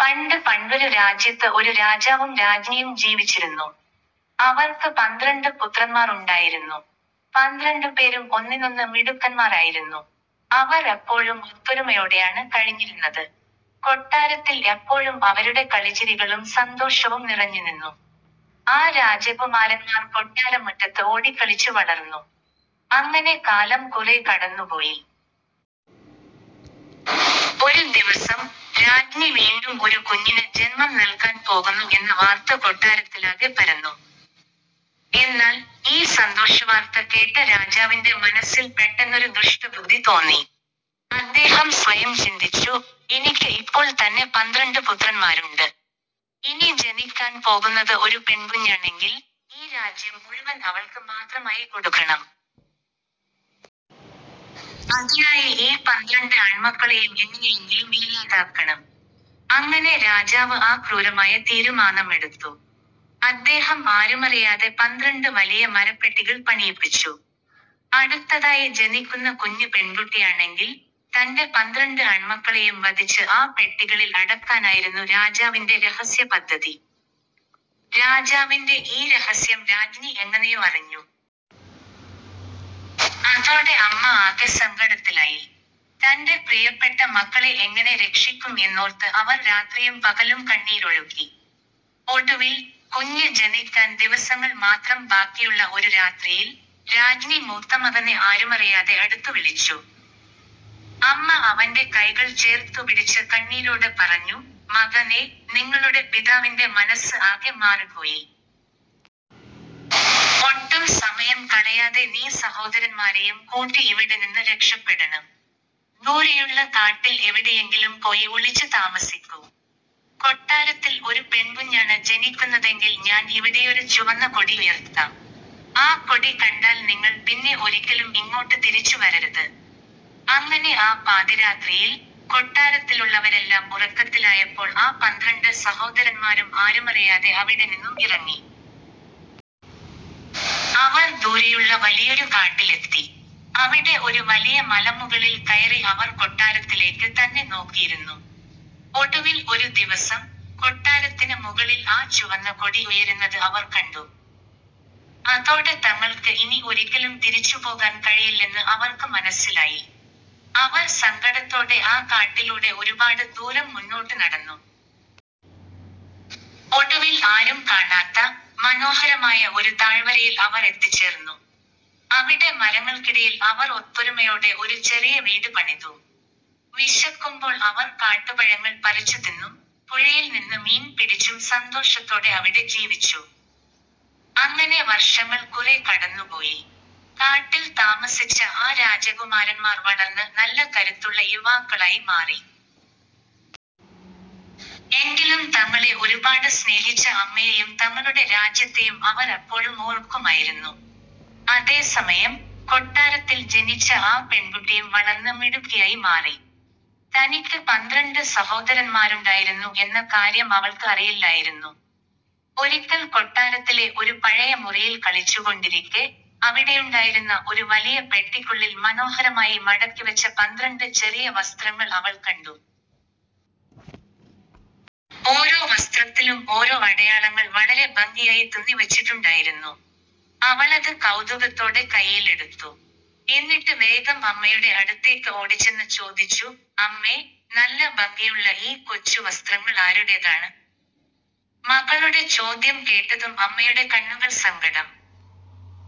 പണ്ട് പണ്ടൊരു രാജ്യത്ത് ഒരു രാജാവും രാജ്ഞിയും ജീവിച്ചിരുന്നു. അവർക്ക് പന്ത്രണ്ട് പുത്രന്മാർ ഉണ്ടായിരുന്നു. പന്ത്രണ്ടുപേരും ഒന്നിനൊന്ന് മിടുക്കന്മാർ ആയിരുന്നു. അവർ എപ്പോഴും ഒത്തൊരുമയോടെയാണ് കഴിഞ്ഞിരുന്നത്. കൊട്ടാരത്തിൽ എപ്പോഴും അവരുടെ കളിചിരികളും സന്തോഷവും നിറഞ്ഞുനിന്നു. ആ രാജകുമാരന്മാർ കൊട്ടാരമുറ്റത്ത് ഓടിക്കളിച്ചു വളർന്നു. അങ്ങനെ കാലം കുറേ കടന്നുപോയി. ഒരു ദിവസം, രാജ്ഞി വീണ്ടും ഒരു കുഞ്ഞിന് ജന്മം നൽകാൻ പോകുന്നു എന്ന വാർത്ത കൊട്ടാരത്തിലാകെ പരന്നു. എന്നാൽ, ഈ സന്തോഷവാർത്ത കേട്ട രാജാവിന്റെ മനസ്സിൽ പെട്ടെന്നൊരു ദുഷ്ടബുദ്ധി തോന്നി. അദ്ദേഹം സ്വയം ചിന്തിച്ചു: "എനിക്ക് ഇപ്പോൾ തന്നെ പന്ത്രണ്ട് പുത്രന്മാരുണ്ട്. ഇനി ജനിക്കാൻ പോകുന്നത് ഒരു പെൺകുഞ്ഞാണെങ്കിൽ, ഈ രാജ്യം മുഴുവൻ അവൾക്ക് മാത്രമായി കൊടുക്കണം. അതിനായി ഈ പന്ത്രണ്ട് ആൺമക്കളെയും എങ്ങനെയെങ്കിലും ഇല്ലാതാക്കണം! " അങ്ങനെ രാജാവ് ആ ക്രൂരമായ തീരുമാനമെടുത്തു. അദ്ദേഹം ആരുമറിയാതെ പന്ത്രണ്ട് വലിയ മരപ്പെട്ടികൾ പണിയിപ്പിച്ചു. അടുത്തതായി ജനിക്കുന്ന കുഞ്ഞ് പെൺകുട്ടിയാണെങ്കിൽ, തന്റെ പന്ത്രണ്ട് ആൺമക്കളെയും വധിച്ച് ആ പെട്ടികളിൽ അടയ്ക്കാനായിരുന്നു രാജാവിന്റെ രഹസ്യ പദ്ധതി. രാജാവിന്റെ ഈ രഹസ്യം രാജ്ഞി എങ്ങനെയോ അറിഞ്ഞു. അതോടെ അമ്മ ആകെ സങ്കടത്തിലായി. തന്റെ പ്രിയപ്പെട്ട മക്കളെ എങ്ങനെ രക്ഷിക്കും എന്നോർത്ത് അവർ രാത്രിയും പകലും കണ്ണീരൊഴുക്കി. ഒടുവിൽ, കുഞ്ഞ് ജനിക്കാൻ ദിവസങ്ങൾ മാത്രം ബാക്കിയുള്ള ഒരു രാത്രിയിൽ, രാജ്ഞി മൂത്തമകനെ ആരുമറിയാതെ അടുത്തു വിളിച്ചു. അമ്മ അവന്റെ കൈകൾ ചേർത്തുപിടിച്ച് കണ്ണീരോടെ പറഞ്ഞു: "മകനേ, നിങ്ങളുടെ പിതാവിന്റെ മനസ്സ് ആകെ മാറിപ്പോയി. ഒട്ടും സമയം കളയാതെ നീ സഹോദരന്മാരെയും കൂട്ടി ഇവിടെനിന്ന് രക്ഷപ്പെടണം! ദൂരെയുള്ള കാട്ടിൽ എവിടെയെങ്കിലും പോയി ഒളിച്ചു താമസിക്കൂ. കൊട്ടാരത്തിൽ ഒരു പെൺകുഞ്ഞാണ് ജനിക്കുന്നതെങ്കിൽ ഞാൻ ഇവിടെയൊരു ചുവന്ന കൊടി ഉയർത്താം. ആ കൊടി കണ്ടാൽ നിങ്ങൾ പിന്നെ ഒരിക്കലും ഇങ്ങോട്ട് തിരിച്ചു വരരുത്! " അങ്ങനെ ആ പാതിരാത്രിയിൽ, കൊട്ടാരത്തിലുള്ളവരെല്ലാം ഉറക്കത്തിലായപ്പോൾ ആ പന്ത്രണ്ട് സഹോദരന്മാരും ആരുമറിയാതെ അവിടെനിന്നും ഇറങ്ങി. അവർ ദൂരെയുള്ള വലിയൊരു കാട്ടിലെത്തി. അവിടെ ഒരു വലിയ മലമുകളിൽ കയറി അവർ കൊട്ടാരത്തിലേക്ക് തന്നെ നോക്കിയിരുന്നു. ഒടുവിൽ ഒരു ദിവസം, കൊട്ടാരത്തിന് മുകളിൽ ആ ചുവന്ന കൊടി ഉയരുന്നത് അവർ കണ്ടു! അതോടെ തങ്ങൾക്ക് ഇനി ഒരിക്കലും തിരിച്ചുപോകാൻ കഴിയില്ലെന്ന് അവർക്ക് മനസ്സിലായി. അവർ സങ്കടത്തോടെ ആ കാട്ടിലൂടെ ഒരുപാട് ദൂരം മുന്നോട്ട് നടന്നു. ഒടുവിൽ ആരും കാണാത്ത, മനോഹരമായ ഒരു താഴ്വരയിൽ അവർ എത്തിച്ചേർന്നു. അവിടെ മരങ്ങൾക്കിടയിൽ അവർ ഒത്തൊരുമയോടെ ഒരു ചെറിയ വീട് പണിതു. വിശക്കുമ്പോൾ അവർ കാട്ടുപഴങ്ങൾ പറിച്ചു തിന്നും, പുഴയിൽ നിന്ന് മീൻ പിടിച്ചും സന്തോഷത്തോടെ അവിടെ ജീവിച്ചു. അങ്ങനെ വർഷങ്ങൾ കുറേ കടന്നുപോയി. കാട്ടിൽ താമസിച്ച ആ രാജകുമാരന്മാർ വളർന്ന് നല്ല കരുത്തുള്ള യുവാക്കളായി മാറി. എങ്കിലും തങ്ങളെ ഒരുപാട് സ്നേഹിച്ച അമ്മയെയും തങ്ങളുടെ രാജ്യത്തെയും അവർ എപ്പോഴും ഓർക്കുമായിരുന്നു. അതേസമയം, കൊട്ടാരത്തിൽ ജനിച്ച ആ പെൺകുട്ടിയും വളർന്ന് മിടുക്കിയായി മാറി. തനിക്ക് പന്ത്രണ്ട് സഹോദരന്മാരുണ്ടായിരുന്നു എന്ന കാര്യം അവൾക്ക് അറിയില്ലായിരുന്നു. ഒരിക്കൽ കൊട്ടാരത്തിലെ ഒരു പഴയ മുറിയിൽ കളിച്ചുകൊണ്ടിരിക്കെ, അവിടെയുണ്ടായിരുന്ന ഒരു വലിയ പെട്ടിക്കുള്ളിൽ മനോഹരമായി മടക്കിവച്ച പന്ത്രണ്ട് ചെറിയ വസ്ത്രങ്ങൾ അവൾ കണ്ടു! ഓരോ വസ്ത്രത്തിലും ഓരോ അടയാളങ്ങൾ വളരെ ഭംഗിയായി തുന്നി വച്ചിട്ടുണ്ടായിരുന്നു. അവളത് കൗതുകത്തോടെ കൈയിലെടുത്തു. എന്നിട്ട് വേഗം അമ്മയുടെ അടുത്തേക്ക് ഓടിച്ചെന്ന് ചോദിച്ചു: "അമ്മേ, നല്ല ഭംഗിയുള്ള ഈ കൊച്ചു വസ്ത്രങ്ങൾ ആരുടേതാണ്? " മകളുടെ ചോദ്യം കേട്ടതും അമ്മയുടെ കണ്ണുകൾ സങ്കടം